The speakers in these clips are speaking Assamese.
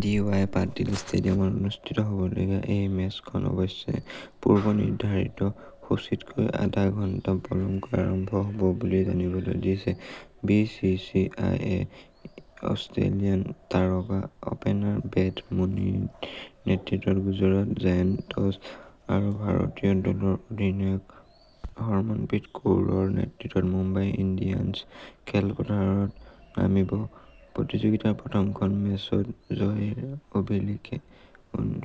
ডি ৱাই পাটিল ষ্টেডিয়ামত অনুষ্ঠিত হ'বলগীয়া এই মেচখন অৱশ্যে পূৰ্ব নিৰ্ধাৰিত সূচীতকৈ আধা ঘণ্টা পলমকৈ আৰম্ভ হ'ব বুলি জানিবলৈ দিছে ।বি চি চি আই এ অষ্ট্ৰেলিয়ান তাৰকা অপেনাৰ বেথ মুনীৰ নেতৃত্বত গুজৰাট জায়েণ্টছ আৰু ভাৰতীয় দলৰ অধিনায়ক হৰমনপ্ৰীত কৌৰৰ নেতৃত্বত মুম্বাই ইণ্ডিয়ানছ খেলপথাৰত নামিব প্ৰতিযোগিতাৰ প্ৰথমখন মেচত জয়ৰ অভিলেখ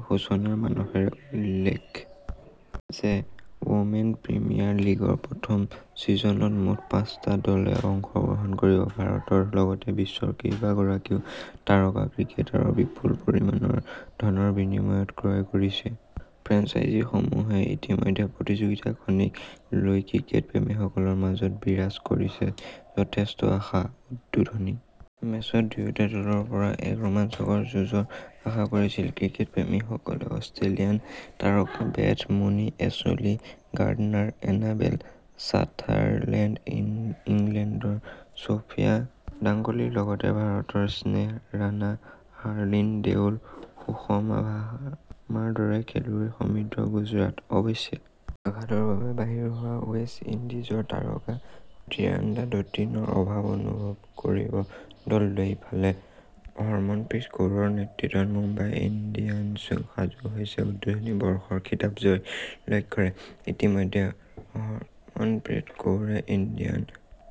সূচনাৰ মানসেৰে। উল্লেখ্য যে ৱমেন প্ৰিমিয়াৰ লীগৰ প্ৰথম ছিজনত মুঠ পাঁচটা দলে অংশ গ্ৰহণ কৰিব। ভাৰতৰ লগতে বিশ্বৰ কেইবাগৰাকীও তাৰকা ক্ৰিকেটাৰক বিপুল পৰিমাণৰ ধনৰ বিনিময়ত ক্ৰয় কৰিছে। ফ্ৰেঞ্চাইজিসমূহে ইতিমধ্যে প্ৰতিযোগিতাখনিক লৈ ক্ৰিকেট প্ৰেমীসকলৰ মাজত বিৰাজ কৰিছে যথেষ্ট আশা। উদ্বোধনী মেচত দুয়োটা দলৰ পৰা এক ৰোমাঞ্চকৰ যুঁজৰ আশা কৰিছে। ক্ৰিকেট প্ৰেমীসকলে অষ্ট্ৰেলিয়ান তাৰকা Beth Mooney Ashleigh Gardner Annabel Sutherland ইংলেণ্ডৰ ছফিয়া ডাংকলিৰ লগতে ভাৰতৰ স্নেহ ৰাণা হাৰ্লিন দেউল সুষমা ভাৰ্মাৰ দৰে খেলুৱৈৰে সমৃদ্ধ গুজৰাট। অৱশ্যে আঘাতৰ বাবে বাহিৰ হোৱা ৱেষ্ট ইণ্ডিজৰ তাৰকা ডিয়াণ্ড্ৰা ডটিনৰ অভাৱ অনুভৱ কৰিব দলটোৱে ।ইফালে হৰমনপ্ৰীত কৌৰৰ নেতৃত্বত মুম্বাই ইণ্ডিয়ানছো সাজু হৈছে উদ্বোধনী বৰ্ষৰ খিতাপ জয়ৰ লক্ষ্যৰে। ইতিমধ্যে হৰমনপ্ৰীত কৌৰে ইণ্ডিয়ান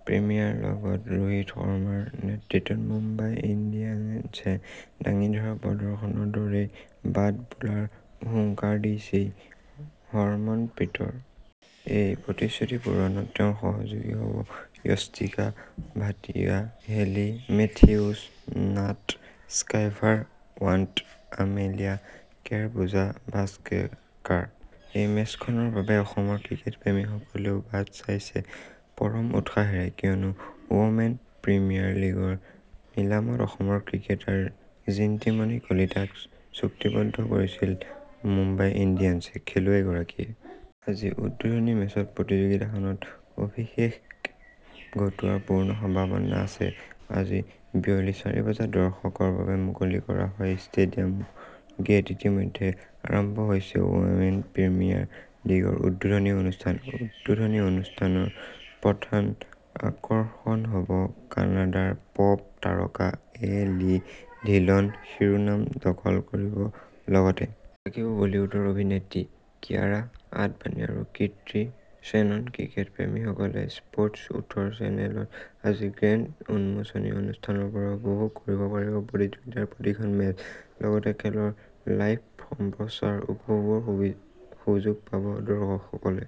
প্ৰিমিয়াৰ লীগত ৰোহিত শৰ্মাৰ নেতৃত্বত মুম্বাই ইণ্ডিয়ানছে দাঙি ধৰা প্ৰদৰ্শনৰ দৰেই বাট বুলাৰ হুংকাৰ দিছেই। হৰমনপ্ৰীতৰ এই প্ৰতিশ্ৰুতি পূৰণত তেওঁৰ সহযোগী হ'ব য়স্তিকা ভাটিয়া হেলি মেথিউছ নাট স্কাইভাৰ ব্ৰাণ্ট আমেলিয়া কেৰ পূজা ভাষ্ট্ৰেকাৰ। এই মেচখনৰ বাবে অসমৰ ক্ৰিকেট প্ৰেমীসকলেও বাট চাইছে পৰম উৎসাহেৰে, কিয়নো ৱমেন প্ৰিমিয়াৰ লীগৰ নিলামত অসমৰ ক্ৰিকেটাৰ জিণ্টিমণি কলিতাক চুক্তিবদ্ধ কৰিছিল মুম্বাই ইণ্ডিয়ানছে ।খেলুৱৈগৰাকীয়ে আজি উদ্বোধনী মেচতে প্ৰতিযোগিতাখনত অভিষেক ঘটোৱাৰ পূৰ্ণ সম্ভাৱনা আছে। আজি বিয়লি চাৰি বজাত দৰ্শকৰ বাবে মুকলি কৰা হয় ষ্টেডিয়ামৰ গেট। ইতিমধ্যে আৰম্ভ হৈছে ৱমেন প্ৰিমিয়াৰ লীগৰ উদ্বোধনী অনুষ্ঠান। উদ্বোধনী অনুষ্ঠানৰ প্ৰধান আকৰ্ষণ হ'ব কানাডাৰ পপ তাৰকা এ পি ধিলন শিৰোনাম দখল কৰিব। লগতে থাকিব বলীউডৰ অভিনেত্ৰী কিয়াৰা আদৱানী আৰু কৃতি শ্বেননক্ৰিকেট প্ৰেমীসকলে স্প্টছ ওঠৰ চেনেলত আজিৰ গ্ৰেণ্ড উন্মোচনী অনুষ্ঠানৰ পৰাই উপভোগ কৰিব পাৰিব প্ৰতিযোগিতাৰ প্ৰতিখন মেচ। লগতে খেলৰ লাইভ সম্প্ৰচাৰ উপভোগৰ সুযোগ পাব দৰ্শকসকলে।